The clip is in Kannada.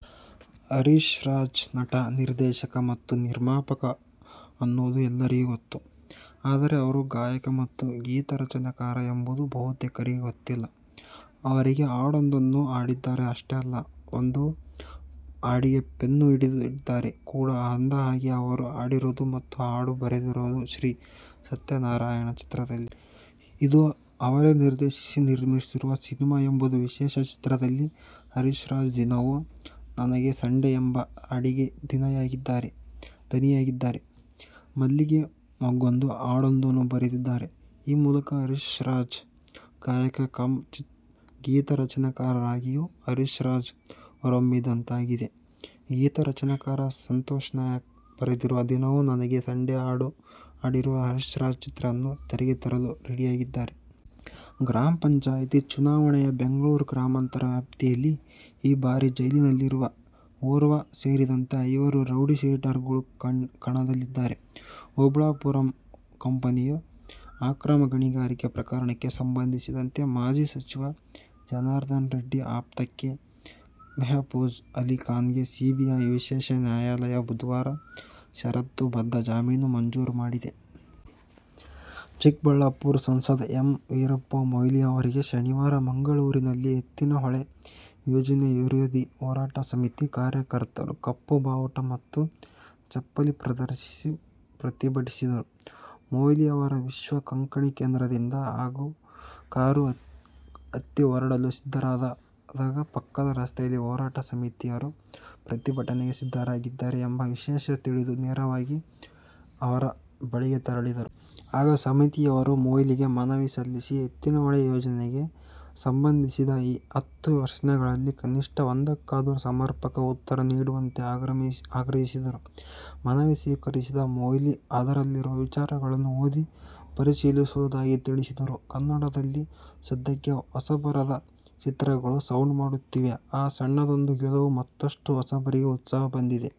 ಹರೀಶ್ರಾಜ್ ನಟ, ನಿರ್ದೇಶಕ ಮತ್ತು ನಿರ್ಮಾಪಕ ಅನ್ನೋದು ಎಲ್ಲರಿಗೂ ಗೊತ್ತು. ಆದರೆ ಅವರು ಗಾಯಕ ಮತ್ತು ಗೀತರಚನೆಕಾರ ಎಂಬುದು ಬಹುತೇಕರಿಗೆ ಗೊತ್ತಿಲ್ಲ. ಅವರೀಗ ಹಾಡೊಂದನ್ನು ಹಾಡಿದ್ದಾರೆ. ಅಷ್ಟೇ ಅಲ್ಲ, ಒಂದು ಹಾಡಿಗೆ ಪೆನ್ನು ಹಿಡಿದಿದ್ದಾರೆ ಕೂಡ. ಅಂದಹಾಗೆ, ಅವರು ಹಾಡಿರೋದು ಮತ್ತು ಹಾಡು ಬರೆದಿರೋದು "ಶ್ರೀ ಸತ್ಯನಾರಾಯಣ' ಚಿತ್ರದಲ್ಲಿ. ಇದು ಅವರೇ ನಿರ್ದೇಶಿಸಿ, ನಿರ್ಮಿಸಿರುವ ಸಿನಿಮಾ ಎಂಬುದು ವಿಶೇಷ. ಚಿತ್ರದಲ್ಲಿ ಹರೀಶ್ರಾಜ್ "ದಿನವು ನನಗೆ ಸಂಡೇ' ಎಂಬ ಹಾಡಿಗೆ ದನಿಯಾಗಿದ್ದಾರೆ. "ಮಲ್ಲಿಗೆ ಮೊಗ್ಗೊಂದು' ಹಾಡೊಂದನ್ನು ಬರೆದಿದ್ದಾರೆ. ಈ ಮೂಲಕ ಹರೀಶ್ರಾಜ್, ಗಾಯಕ ಕಮ್ ಗೀತರಚನೆಕಾರರಾಗಿಯೂ ಹರೀಶ್ರಾಜ್ ಹೊರಹೊಮ್ಮಿದಂತಾಗಿದೆ. ಗೀತರಚನೆಕಾರ ಸಂತೋಷ್ನಾಯಕ್ ಬರೆದಿರುವ "ದಿನವು ನನಗೆ ಸಂಡೇ' ಹಾಡು ಹಾಡಿರುವ ಹರೀಶ್ರಾಜ್, ಚಿತ್ರವನ್ನು ತೆರೆಗೆ ತರಲು ರೆಡಿಯಾಗಿದ್ದಾರೆ. ಗ್ರಾಮ ಪಂಚಾಯ್ತಿ ಚುನಾವಣೆಯ ಬೆಂಗಳೂರು ಗ್ರಾಮಾಂತರ ವ್ಯಾಪ್ತಿಯಲ್ಲಿ ಈ ಬಾರಿ ಜೈಲಿನಲ್ಲಿರುವ ಓರ್ವ ಸೇರಿದಂತೆ ಐವರು ರೌಡಿ ಶೀಟರ್ಗಳು ಕಣದಲ್ಲಿದ್ದಾರೆ. ಓಬುಳಾಪುರಂ ಕಂಪನಿಯ ಅಕ್ರಮ ಗಣಿಗಾರಿಕೆ ಪ್ರಕರಣಕ್ಕೆ ಸಂಬಂಧಿಸಿದಂತೆ ಮಾಜಿ ಸಚಿವ ಜನಾರ್ದನ ರೆಡ್ಡಿ ಆಪ್ತ ಕೆ. ಮೆಹಫೂಜ್ ಅಲಿ ಖಾನ್ಗೆ ಸಿಬಿಐ ವಿಶೇಷ ನ್ಯಾಯಾಲಯು ಬುಧವಾರ ಷರತ್ತುಬದ್ಧ ಜಾಮೀನು ಮಂಜೂರು ಮಾಡಿದೆ. ಚಿಕ್ಕಬಳ್ಳಾಪುರ ಸಂಸದ ಎಂ. ವೀರಪ್ಪ ಮೊಯ್ಲಿ ಅವರಿಗೆ ಶನಿವಾರ ಮಂಗಳೂರಿನಲ್ಲಿ ಎತ್ತಿನಹೊಳೆ ಯೋಜನೆ ವಿರೋಧಿ ಹೋರಾಟ ಸಮಿತಿ ಕಾರ್ಯಕರ್ತರು ಕಪ್ಪು ಬಾವುಟ ಮತ್ತು ಚಪ್ಪಲಿ ಪ್ರದರ್ಶಿಸಿ ಪ್ರತಿಭಟಿಸಿದರು. ಮೊಯ್ಲಿ ಅವರು ವಿಶ್ವ ಕೊಂಕಣಿ ಕೇಂದ್ರದಿಂದ ಕಾರು ಹತ್ತಿ ಹೊರಡಲು ಸಿದ್ಧರಾದಾಗ ಪಕ್ಕದ ರಸ್ತೆಯಲ್ಲಿ ಹೋರಾಟ ಸಮಿತಿಯವರು ಪ್ರತಿಭಟನೆಗೆ ಸಿದ್ಧರಾಗಿದ್ದಾರೆ ಎಂಬ ವಿಷಯ ತಿಳಿದು ನೇರವಾಗಿ ಅವರ ಬಳಿಗೆ ತೆರಳಿದರು. ಆಗ ಸಮಿತಿಯವರು ಮೊಯ್ಲಿಗೆ ಮನವಿ ಸಲ್ಲಿಸಿ ಎತ್ತಿನಹೊಳೆ ಯೋಜನೆಗೆ ಸಂಬಂಧಿಸಿದ ಈ ಹತ್ತು ಪ್ರಶ್ನೆಗಳಲ್ಲಿ ಕನಿಷ್ಠ ಒಂದಕ್ಕಾದರೂ ಸಮರ್ಪಕ ಉತ್ತರ ನೀಡುವಂತೆ ಆಗ್ರಹಿಸಿದರು. ಮನವಿ ಸ್ವೀಕರಿಸಿದ ಮೊಯ್ಲಿ ಅದರಲ್ಲಿರುವ ವಿಚಾರಗಳನ್ನು ಓದಿ ಪರಿಶೀಲಿಸುವುದಾಗಿ ತಿಳಿಸಿದರು. ಕನ್ನಡದಲ್ಲಿ ಸದ್ಯಕ್ಕೆ ಹೊಸಬರ ಚಿತ್ರಗಳು ಸೌಂಡು ಮಾಡುತ್ತಿವೆ. ಆ ಸಣ್ಣದೊಂದು ಗೆಲುವು ಮತ್ತಷ್ಟು ಹೊಸಬರಿಗೆ ಉತ್ಸಾಹ ತಂದಿದೆ.